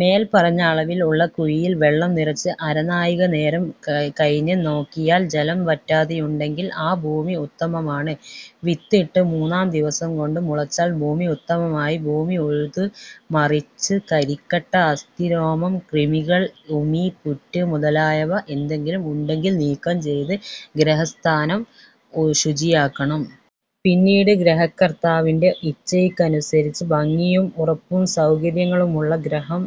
മേല്പറഞ്ഞ അളവിൽ ഉള്ള കുഴിയിൽ വെള്ളം നിറച്ച് അരനാഴിക നേരം കഴിഞ്ഞ് നോക്കിയാൽ ജലം വറ്റാതെയുണ്ടെങ്കിൽ ആ ഭൂമി ഉത്തമമാണ്. വിത്തിട്ട് മൂന്നു ദിവസം കൊണ്ട് മുളച്ചാൽ ഭൂമി ഉത്തമമായി. ഭൂമി ഉഴുതു മറിച്ച് കരിക്കട്ട, അസ്ഥി, രോമം, കൃമികൾ, ഉമി, പുറ്റ് മുതലായവ എന്തെങ്കിലും ഉണ്ടെങ്കിൽ നീക്കം ചെയ്ത് ഗൃഹസ്ഥാനം ശുചിയാക്കണം. പിന്നീട് ഗൃഹകർത്താവിന്റെ ഇച്ഛയ്ക്കനുസരിച്ച് ഭംഗിയും ഉറപ്പും സൗകര്യങ്ങളുമുള്ള ഗൃഹം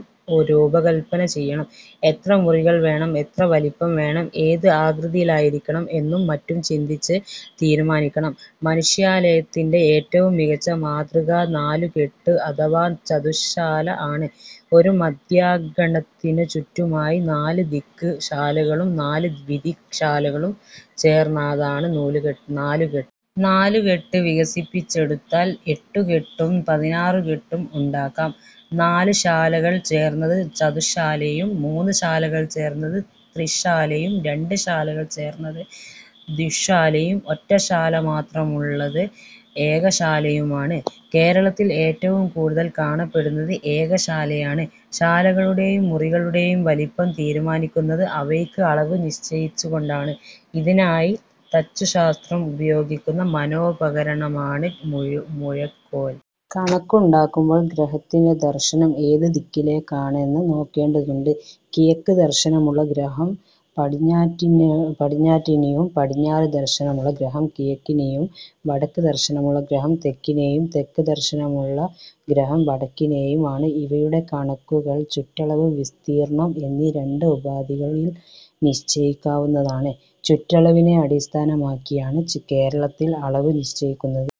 രൂപകല്പന ചെയ്യണം. എത്ര മുറികൾ വേണം, എത്ര വലിപ്പം വേണം, ഏത് ആകൃതിയിലായിരിക്കണം എന്നും മറ്റും ചിന്തിച്ച് തീരുമാനിക്കണം. മനുഷ്യാലയത്തിന്റെ ഏറ്റവും മികച്ച മാതൃക നാലുകെട്ട് അഥവാ ചതുശ്ശാല ആണ്. ഒരു മധ്യാങ്കണത്തിനു ചുറ്റുമായി നാല് ദിക് ശാലകളും നാല് വിദിക് ശാലകളും ചേർന്നതാണ് നൂല് നാലുകെട്ട്. നാലുകെട്ട് വികസിപ്പിച്ചെടുത്താൽ എട്ടുകെട്ടും പതിനാറുകെട്ടും ഉണ്ടാക്കാം. നാല് ശാലകൾ ചേർന്നത് ചതുശ്ശാലയും മൂന്ന് ശാലകൾ ചേർന്നത് ത്രിശാലയും രണ്ട് ശാലകൾ ചേർന്നത് ദ്വിശാലയും ഒറ്റശാല മാത്രമുള്ളത് ഏകശാലയുമാണ്. കേരളത്തിൽ ഏറ്റവും കൂടുതൽ കാണപ്പെടുന്നത് ഏകശാലയാണ്. ശാലകളുടേയും മുറികളുടേയും വലിപ്പം തീരുമാനിക്കുന്നത് അവയ്ക്ക് അളവ് നിശ്ചയിച്ചുകൊണ്ടാണ്. ഇതിനായി തച്ചുശാസ്ത്രം ഉപയോഗിക്കുന്ന മനോപകരണമാണ് മുഴ് മുഴക്കോൽ. കണക്കുണ്ടാക്കുമ്പോൾ ഗൃഹത്തിന്റെ ദർശനം ഏതു ദിക്കിലേക്കാണെന്ന് നോക്കേണ്ടതുണ്ട്. കിഴക്ക് ദർശനമുള്ള ഗൃഹം പടിഞ്ഞാറ്റിനിയും പടിഞ്ഞാറ് ദർശനമുള്ള ഗൃഹം കിഴക്കിനിയും വടക്ക് ദർശനമുള്ള ഗൃഹം തെക്കിനിയും തെക്ക് ദർശനമുള്ള ഗൃഹം വടക്കിനിയും ആണ്. ഇവയുടെ കണക്കുകൾ ചുറ്റളവ്, വിസ്തീർണം എന്നീ രണ്ട് ഉപാധികളിൽ നിശ്ചയിക്കാവുന്നതാണ്. ചുറ്റളവിനെ അടിസ്ഥാനമാക്കിയാണ് കേരളത്തിൽ അളവ് നിശ്ചയിക്കുന്നത്.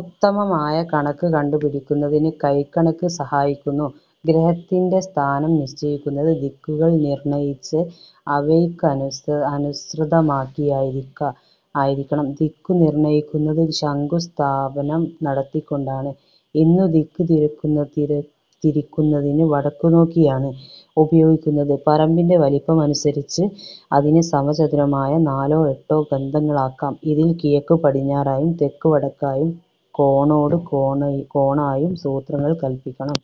ഉത്തമമായ കണക്ക് കണ്ടുപിടിക്കുന്നതിന് കൈക്കണക്ക് സഹായിക്കുന്നു. ഗൃഹത്തിന്റെ സ്ഥാനം നിശ്ചയിക്കുന്നത് ദിക്കുകൾ നിർണയിച്ച് അവയ്ക്കനുസൃതമാക്കിയായിരിക്കണം. ദിക്കു നിർണയിക്കുന്നത് ശങ്കുസ്ഥാപനം നടത്തിക്കൊണ്ടാണ്. ഇന്ന് ദിക്കു തിരിക്കുന്നതിന് വടക്കുനോക്കി യാണ് ഉപയോഗിക്കുന്നത്. പറമ്പിന്റെ വലിപ്പമനുസരിച്ച് അതിനെ സമചതുരമായ നാലോ എട്ടോ ഖണ്ഡങ്ങളാക്കാം. ഇതിൽ കിഴക്കു പടിഞ്ഞാറായും തെക്കുവടക്കായും കോണോടു കോണായും സൂത്രങ്ങൾ കല്പിക്കണം.